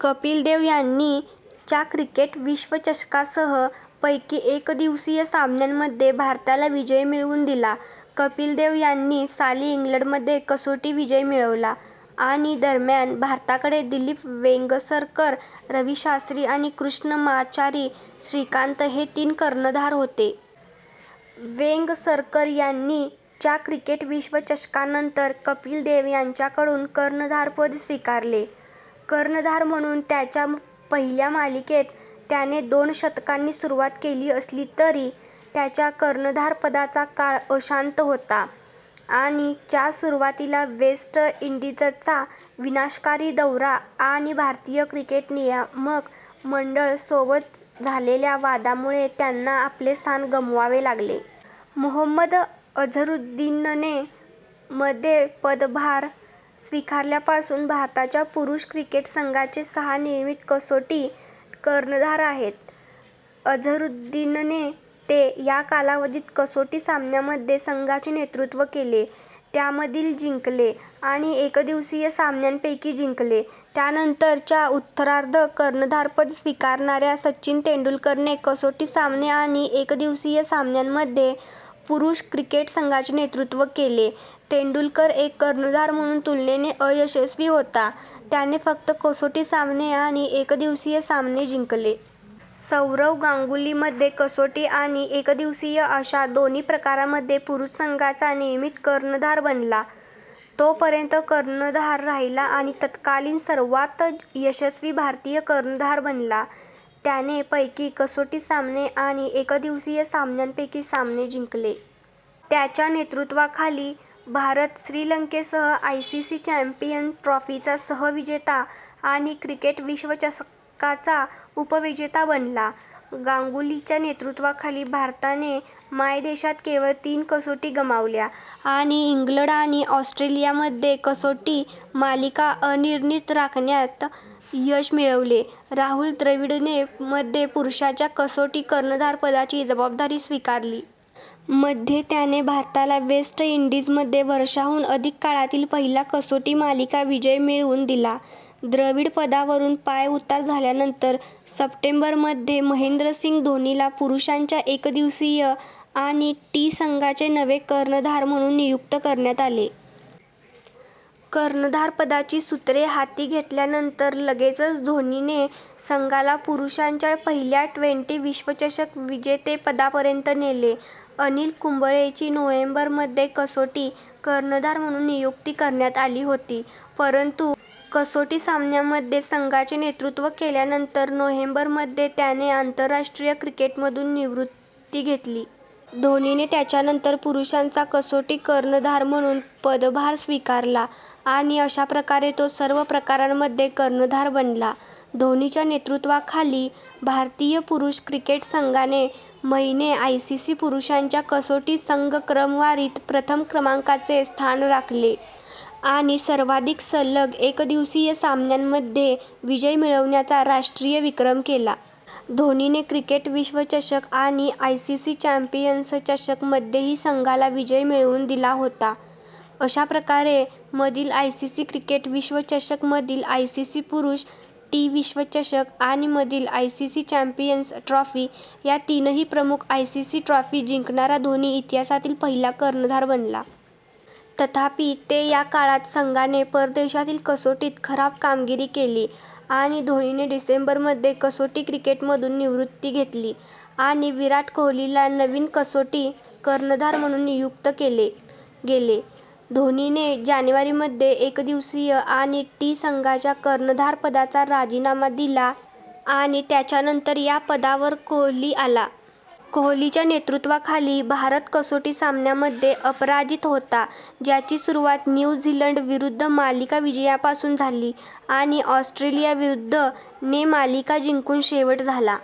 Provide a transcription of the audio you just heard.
कपिल देव यांनी च्या क्रिकेट विश्वचषकासह, पैकी एकदिवसीय सामन्यांमध्ये भारताला विजय मिळवून दिला. कपिल देव यांनी साली इंग्लंडमध्ये - कसोटी विजय मिळवला. - आणि - दरम्यान, भारताकडे दिलीप वेंगसरकर, रवी शास्त्री आणि कृष्णम्माचारी श्रीकांत हे तीन कर्णधार होते. वेंगसरकर यांनी च्या क्रिकेट विश्वचषकानंतर कपिल देव यांच्याकडून कर्णधारपद स्वीकारले. कर्णधार म्हणून त्याच्या पहिल्या मालिकेत त्याने दोन शतकांनी सुरुवात केली असली तरी, त्याच्या कर्णधारपदाचा काळ अशांत होता आणि च्या सुरुवातीला वेस्ट इंडीजचा विनाशकारी दौरा आणि भारतीय क्रिकेट नियामक मंडळ सोबत झालेल्या वादामुळे त्यांना आपले स्थान गमवावे लागले. मोहम्मद अझरुद्दीनने मध्ये पदभार स्वीकारल्यापासून भारताच्या पुरुष क्रिकेट संघाचे सहा नियमित कसोटी कर्णधार आहेत. अझरुद्दीनने - ते - या कालावधीत कसोटी सामन्यांमध्ये संघाचे नेतृत्व केले, त्यामधील जिंकले आणि एकदिवसीय सामन्यांपैकी जिंकले. त्यानंतर च्या उत्तरार्धात कर्णधारपद स्वीकारणाऱ्या सचिन तेंडुलकरने कसोटी सामने आणि एकदिवसीय सामन्यांमध्ये पुरुष क्रिकेट संघाचे नेतृत्व केले; तेंडुलकर एक कर्णधार म्हणून तुलनेने अयशस्वी होता, त्याने फक्त कसोटी सामने आणि एकदिवसीय सामने जिंकले.। सौरव गांगुली मध्ये कसोटी आणि एकदिवसीय अशा दोन्ही प्रकारांमध्ये पुरुष संघाचा नियमित कर्णधार बनला. तो - पर्यंत कर्णधार राहिला आणि तत्कालीन सर्वात यशस्वी भारतीय कर्णधार बनला, त्याने पैकी कसोटी सामने आणि एकदिवसीय सामन्यांपैकी सामने जिंकले. त्याच्या नेतृत्वाखाली, भारत श्रीलंकेसह आयसीसी चॅम्पियन्स ट्रॉफीचा सहविजेता आणि क्रिकेट विश्वचषकाचा उपविजेता बनला. गांगुलीच्या नेतृत्वाखाली भारताने मायदेशात केवळ तीन कसोटी गमावल्या आणि इंग्लंड आणि ऑस्ट्रेलियामध्ये कसोटी मालिका अनिर्णित राखण्यात यश मिळवले. राहुल द्रविडने मध्ये पुरुषांच्या कसोटी कर्णधारपदाची जबाबदारी स्वीकारली. मध्ये, त्याने भारताला वेस्ट इंडीजमध्ये वर्षांहून अधिक काळातील पहिला कसोटी मालिका विजय मिळवून दिला. द्रविड पदावरून पायउतार झाल्यानंतर सप्टेंबर मध्ये, महेंद्रसिंग धोनीला पुरुषांच्या एकदिवसीय आणि टी संघांचे नवे कर्णधार म्हणून नियुक्त करण्यात आले. कर्णधारपदाची सूत्रे हाती घेतल्यानंतर लगेचच धोनीने संघाला पुरुषांच्या पहिल्या ट्वेंटी विश्वचषक विजेतेपदापर्यंत नेले. अनिल कुंबळेची नोव्हेंबर मध्ये कसोटी कर्णधार म्हणून नियुक्ती करण्यात आली होती, परंतु कसोटी सामन्यांमध्ये संघाचे नेतृत्व केल्यानंतर नोव्हेंबर मध्ये त्यांने आंतरराष्ट्रीय क्रिकेटमधून निवृत्ती घेतली. धोनीने त्याच्यानंतर पुरुषांचा कसोटी कर्णधार म्हणून पदभार स्वीकारला आणि अशा प्रकारे तो सर्व प्रकारांमध्ये कर्णधार बनला. धोनीच्या नेतृत्वाखाली, भारतीय पुरुष क्रिकेट संघाने महिने आयसीसी पुरुषांच्या कसोटी संघ क्रमवारीत प्रथम क्रमांकाचे स्थान राखले आणि सर्वाधिक सलग एकदिवसीय सामन्यांमध्ये विजय मिळवण्याचा राष्ट्रीय विक्रम केला. धोनीने क्रिकेट विश्वचषक आणि आयसीसी चॅम्पियन्स चषक मध्येही संघाला विजय मिळवून दिला होता. अशा प्रकारे, मधील आयसीसी क्रिकेट विश्वचषक, मधील आयसीसी पुरुष टी विश्वचषक आणि मधील आयसीसी चॅम्पियन्स ट्रॉफी या तीनही प्रमुख आयसीसी ट्रॉफी जिंकणारा धोनी इतिहासातील पहिला कर्णधार बनला. तथापि, ते या काळात संघाने परदेशातील कसोटीत खराब कामगिरी केली आणि धोनीने डिसेंबर मध्ये कसोटी क्रिकेटमधून निवृत्ती घेतली आणि विराट कोहलीला नवीन कसोटी कर्णधार म्हणून नियुक्त केले गेले. धोनीने जानेवारी मध्ये एकदिवसीय आणि टी संघांच्या कर्णधारपदाचा राजीनामा दिला आणि त्याच्यानंतर या पदावरकोहली आला. कोहलीच्या नेतृत्वाखाली, भारत कसोटी सामन्यांमध्ये अपराजित होता, ज्याची सुरुवात न्यू झीलंड विरुद्ध - मालिका विजयापासून झाली आणि ऑस्ट्रेलियाविरुद्ध - ने मालिका जिंकून शेवट झाला.